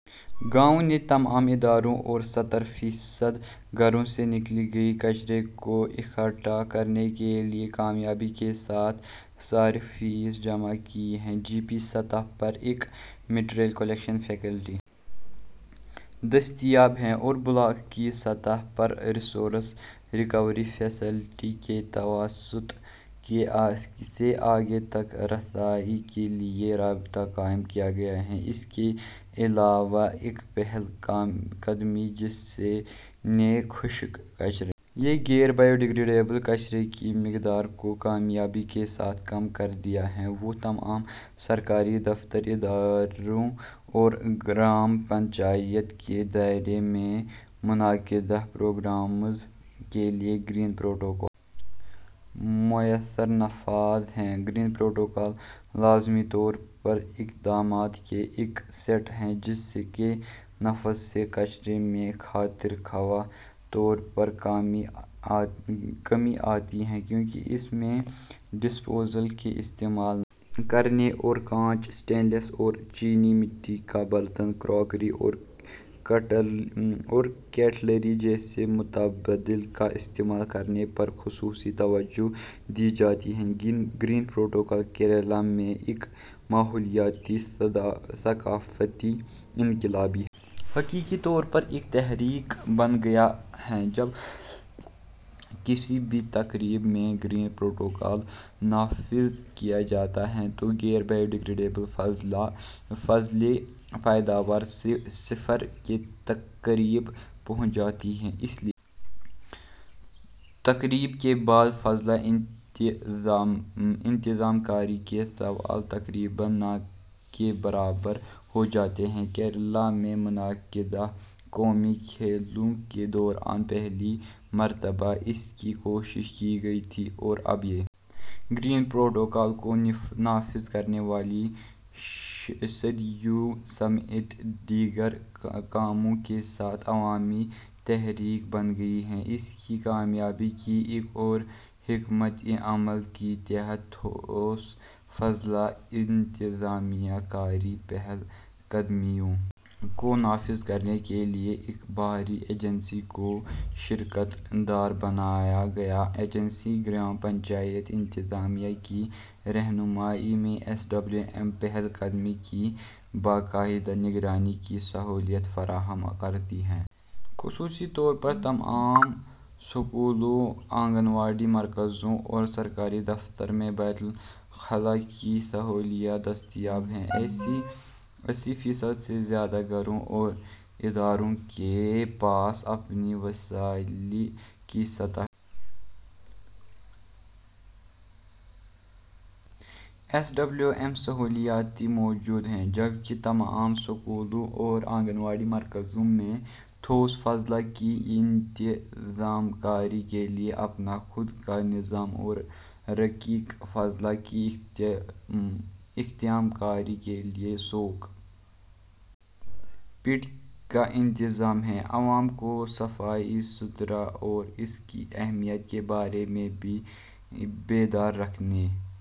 گاؤں نے تمام اداروں اور سَتر فیصد گھروں سے نکالے گئے کچرے کو اکٹھا کرنے کے لیے کامیابی کے ساتھ صارف فیس جمع کی ہے جی پی سطح پر ایک مٹیریل کلیکشن فیسلٹی دستیاب ہے اور بلاک کی سطح پر ریسورس ریکوری فیسلٹی کے توسط سے آگے تک رسائی کے لیے رابطہ قائم کیا گیا ہے اس کے علاوہ ایک پہل قدمی جس نے خشک کچرے یا غیر بایو ڈیگریڈیبل کچرے کی مقدار کو کامیابی کے ساتھ کم کر دیا ہے وہ تمام سرکاری دفاتر اداروں اور گرام پنچایت کے دائرے میں منعقدہ پروگراموں کے لیے گرین پروٹوکول کا مؤثر نفاذ ہے گرین پروٹوکول لازمی طور پر اقدامات کا ایک سیٹ ہے جس کے نفاذ سے کچرے میں خاطر خواہ طور پر کمی آتی ہے کیونکہ اس میں ڈسپوزل کا استعمال نہ کرنے اور کانچ اسٹین لیس اور چینی مٹی کے برتن کراکری اور کٹلری جیسے متبادل کا استعمال کرنے پر خصوصی توجہ دی جاتی ہے گرین پروٹوکول کیرالا میں ایک ماحولیاتی ثقافتی انقلاب ہے حقیقی طور پر ایک تحریک بن گیا ہے جب کسی بھی تقریب میں گرین پروٹوکول نافذ کیا جاتا ہے تو غیر بایو ڈیگریڈیبل فضلہ پیداوار صفر کے قریب پہنچ جاتی ہے اس لیے تقریب کے بعد فضلہ انتظام کاری کا سوال تقریباً نہ کے برابر ہو جاتا ہے کیرالا میں منعقدہ قومی کھیلوں کے دوران پہلی مرتبہ اس کی کوشش کی گئی تھی اور اب یہ گرین پروٹوکول کو نافذ کرنے والی شادیوں سمیت دیگر کاموں کے ساتھ عوامی تحریک بن گیا ہے اس کی کامیابی کی ایک اور حکمت عملی کے تحت ٹھوس فضلہ انتظام کاری پہل قدمیوں کو نافذ کرنے کے لیے ایک باہری ایجنسی کو شراکت دار بنایا گیا ایجنسی گرام پنچایت انتظامیہ کی رہنمائی میں ایس ڈبلیو ایم پہل قدمی کی باقاعدہ نگرانی کی سہولت فراہم کرتی ہے خصوصی طور پر تمام اسکولوں آنگن واڑی مراکز اور سرکاری دفاتر میں بیت الخلا کی سہولت دستیاب ہے اسی فیصد سے زائد گھروں اور اداروں کے پاس اپنی وسیلے کی سطح کی ایس ڈبلیو ایم سہولتیں موجود ہیں جبکہ تمام اسکولوں اور آنگن واڑی مراکز میں ٹھوس فضلہ کی انتظام کاری کے لیے اپنا خود کا نظام اور رقیق فضلے کی انتظام کاری کے لیے سوک پٹ کا انتظام ہے عوام کو صفائی ستھرائی اور اس کی اہمیت کے بارے میں بیدار رکھنے